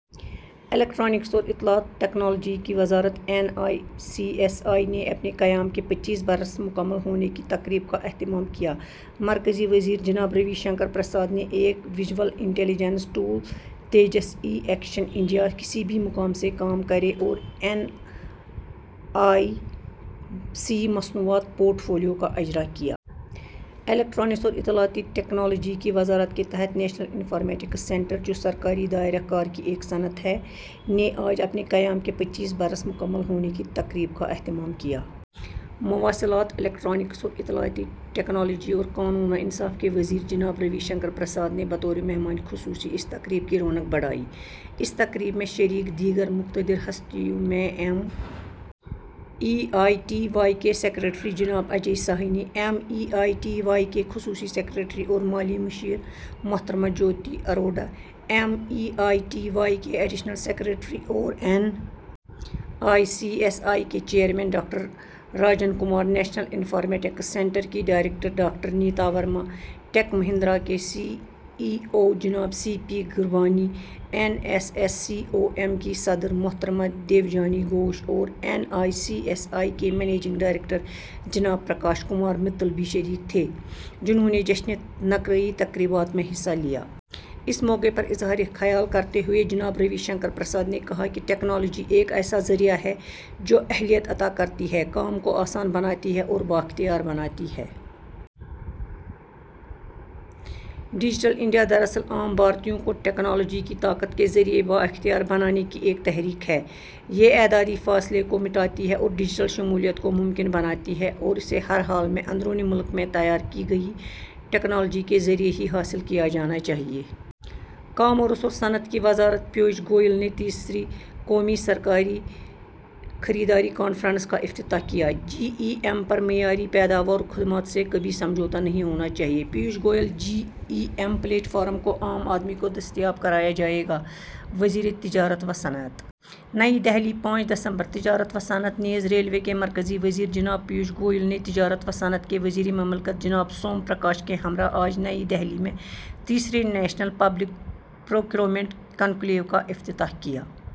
Electronics اور اطلاعات technology کی وزارت این آئی سی ایس آئی نے اپنے قیام کے پچیس برس مکمل ہونے کی تقریب کا اہتمام کیا۔ مرکزی وزیر جناب روی شنکر پرساد نے ایک وِژول انٹیلی جنس tool Tejas, e action India, کسی بھی مقام سے کام کریں اور این آئی سی مصنوعات پورٹ فولیو کا اجرا کیا۔ الیکٹرانکس اور اطلاعاتی ٹیکنالوجی کی وزارت کے تحت نیشنل انفارمیٹکس سینٹر، جو سرکاری دائرہ کار کی ایک صنعت ہے، نے آج اپنے قیام کے پچیس برس مکمل ہونے کی تقریب کا اہتمام کیا۔ مواصلات، الیکٹرانکس اور اطلاعاتی ٹیکنالوجی اور قانون و انصاف کے وزیر جناب روی شنکر پرساد نے بطور مہمانِ خصوصی اس تقریب کی رونق بڑھائی۔ اس تقریب میں شریک دیگر مقتدر ہستیوں میں M E I T Y کے سیکریٹری جناب Ajay Sahni, M E I T Y کی خصوصی سیکریٹری اور مالی مشیر محترمہ Jyoti Arora, M E I T Y کے ایڈیشنل سیکریٹری اور N I C S I کے chairman doctor Rajan Kumar, national informatics centre کی director doctor Neeta Verma, Tech Mahindra کے سی ای او جناب C P Gurbani, N S S C O M کی صدر محترمہ دیوجانی گھوش اور N I C S I کے مینیجنگ ڈائریکٹر جناب پرکاش کمار متل بھی شریک تھے، جنہوں نے جشنِ نقرئی تقریبات میں حصہ لیا۔ اس موقع پر اظہارِ خیال کرتے ہوئے جناب روی شنکر پرساد نے کہا کہ ٹیکنالوجی ایک ایسا ذریعہ ہے جو اہلیت عطا کرتی ہے، کام کو آسان بناتی ہے اور بااختیار بناتی ہے۔ ڈیجیٹل انڈیا دراصل عام بھارتیوں کو ٹیکنالوجی کی طاقت کے ذریعے بااختیار بنانے کی ایک تحریک ہے۔ یہ اعدادی فاصلے کو مٹاتی ہے اور ڈیجیٹل شمولیت کو ممکن بناتی ہے اور اسے ہر حال میں اندرونِ ملک میں تیار کی گئی ٹیکنالوجی کے ذریعے ہی حاصل کیا جانا چاہیے۔ کامرس اور صنعت کی وزارت پیوش گوئل نے تیسری قومی سرکاری خریداری کانفرنس کا افتتاح کیا۔ جی ای ایم پر معیاری پیداوار اور خدمات سے کبھی سمجھوتہ نہیں ہونا چاہیے۔ Piyush Goyal G E M platform کو عام آدمی کو دستیاب کرایا جائے گا: وزیر تجارت و صنعت۔ نئی دہلی، پانچ دسمبر: تجارت و صنعت نیز ریلوے کے مرکزی وزیر جناب پیوش گوئل نے تجارت و صنعت کے وزیر مملکت جناب سوم پرکاش کے ہمراہ آج نئی دہلی میں تیسرے نیشنل پبلک پروکیورمنٹ کنکلیو کا افتتاح کیا۔